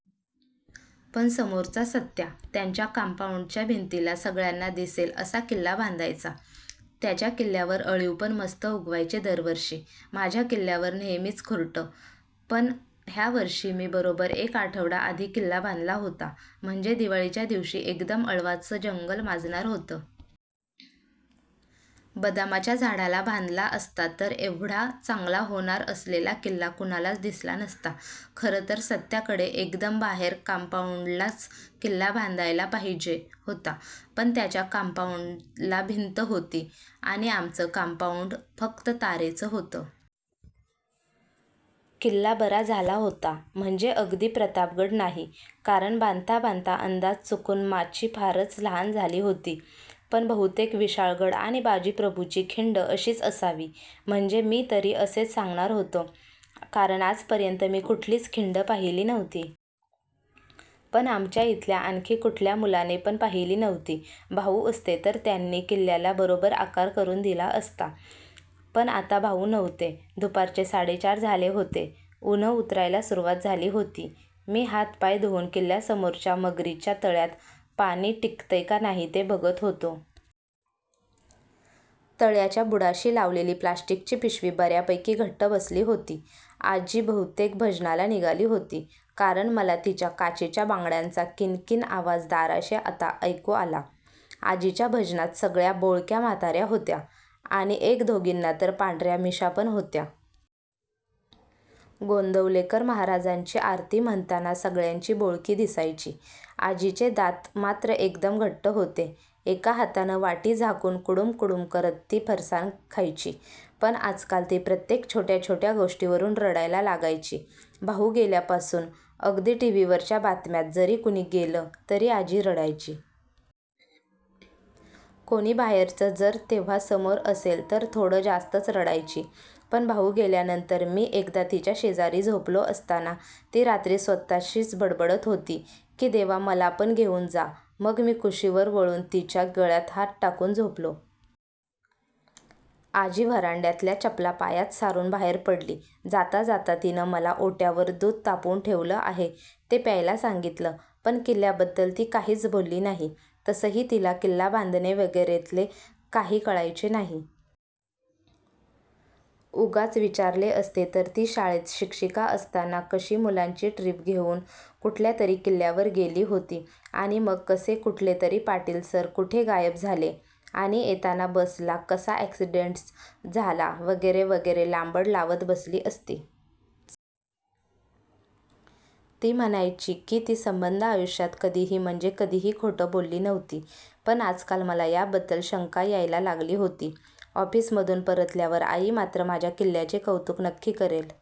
पण समोरचा सत्या त्यांच्या कांपाउंडच्या भिंतीला, सगळ्यांना दिसेल असा किल्ला बांधायचा. त्याच्या किल्ल्यावर अळीव पण मस्त उगवायचे दरवर्षी. माझ्या किल्ल्यावर नेहेमीच खुरटं. पण ह्यावर्षी मी बरोबर एक आठवडा आधी किल्ला बांधला होता, म्हणजे दिवाळीच्या दिवशी एकदम अळवाचं जंगल माजणार होतं. बदामाच्या झाडाला बांधला असता तर एव्हडा चांगला होणार असलेला किल्ला कुणालाच दिसला नसता. खरं तर सत्याकडे एकदम बाहेर कांपाउंडलाच किल्ला बांधायला पाहीजे होता. पण त्यांच्या कांपाउंडला भिंतं होती आणि आमचं कांपाउंड फक्त तारेचं होतं. किल्ला बरा झाला होता. म्हणजे अगदी प्रतापगड नाही. कारण बांधता बांधता अंदाज चुकुन माची फारच लहान झाली होती. पण बहुतेक विशाळगड आणि बाजीप्रभुची खिंड अशीच असावी. म्हणजे मी तरी असेच सांगणार होतो. कारण आजपर्यंत मी कुठलीच खिंड पाहिली नव्हती. पण आमच्या इथल्या आणखी कुठल्या मुलाने पण पाहिली नव्हती. भाउ असते तर त्यांनी किल्ल्याला बरोबर आकार करुन दिला असता. पण आता भाउ नव्हते. दुपारचे साडेचार झाले होते. उन्हं उतरायला सुरुवात झाली होती. मी हात्-पाय धुवुन किल्ल्यासमोरच्या मगरीच्या तळ्यात पाणी टिकतय का नाही ते बघत होतो. तळ्याच्या बुडाशी लावलेली प्लास्टिकची पिशवी बर्यापैकी घट्ट बसली होती. आजी बहुतेक भजनाला निघाली होती. कारण मला तिच्या काचेच्या बांगड्यांचा किण-किण आवाज दाराशी आता ऐकु आला. आजीच्या भजनात सगळ्या बोळक्या म्हातार्या होत्या. आणि एक-दोघीना तर पांढर्या मिश्या पण होत्या. गोंदवलेकर महाराजांची आरती म्हणताना सगळ्यांची बोळकी दिसायची. आजीचे दात मात्र एकदम घट्ट होते. एका हातानं वाटी झाकुन कुडुम कुडुम करत ती फरसाण खायची. पण आजकाल ती प्रत्येक छोट्या-छोट्या गोष्टीवरून रडायला लागायची. भाऊ गेल्यापासुन, अगदी टीव्हीवरच्या बातम्यात जरी कुणी गेलं तरी आजी रडायची. कोणी बाहेरचं जर तेव्हा समोर असेल तर थोडं जास्तच रडायची. पण भाऊ गेल्यानंतर मी एकदा तिच्याशेजारी झोपलो असताना, ती रात्री स्वतःशीच बडबडत होती की देवा मला पण घेवून जा. मग मी कुशीवर वळुन तिच्या गळ्यात हात टाकुन झोपलो. आजी व्हरांड्यातल्या चपला पायात सारुन बाहेर पडली. जाता जाता तिनं मला ओट्यावर दूध तापवून ठेवलं आहे ते प्यायला सांगितलं. पण किल्ल्याबद्दल ती काहीच बोलली नाही. तसंही तिला किल्ला बांधणे वगैरेतले काही कळायचे नाही. उगाच विचारले असते तर, ती शाळेत शिक्षीका असताना कशी मुलांची ट्रिप घेवून कुठल्यातरी किल्ल्यावर गेली होती आणि मग कसे कुठलेतरी पाटील सर कुठे गायब झाले, आणि येताना बसला कसा अक्सिडेंटच झाला वगैरे वगैरे लांबड लावत बसली असती. ती म्हणायची की ती सबंध आयुष्यात कधीही, म्हणजे कधीही खोटं बोलली नव्हती. पण आजकाल मला याबद्दल शंका यायला लागली होती. ऑफिसमधून परतल्यावर आई मात्र माझ्या किल्ल्याचे कौतुक नक्की करेल.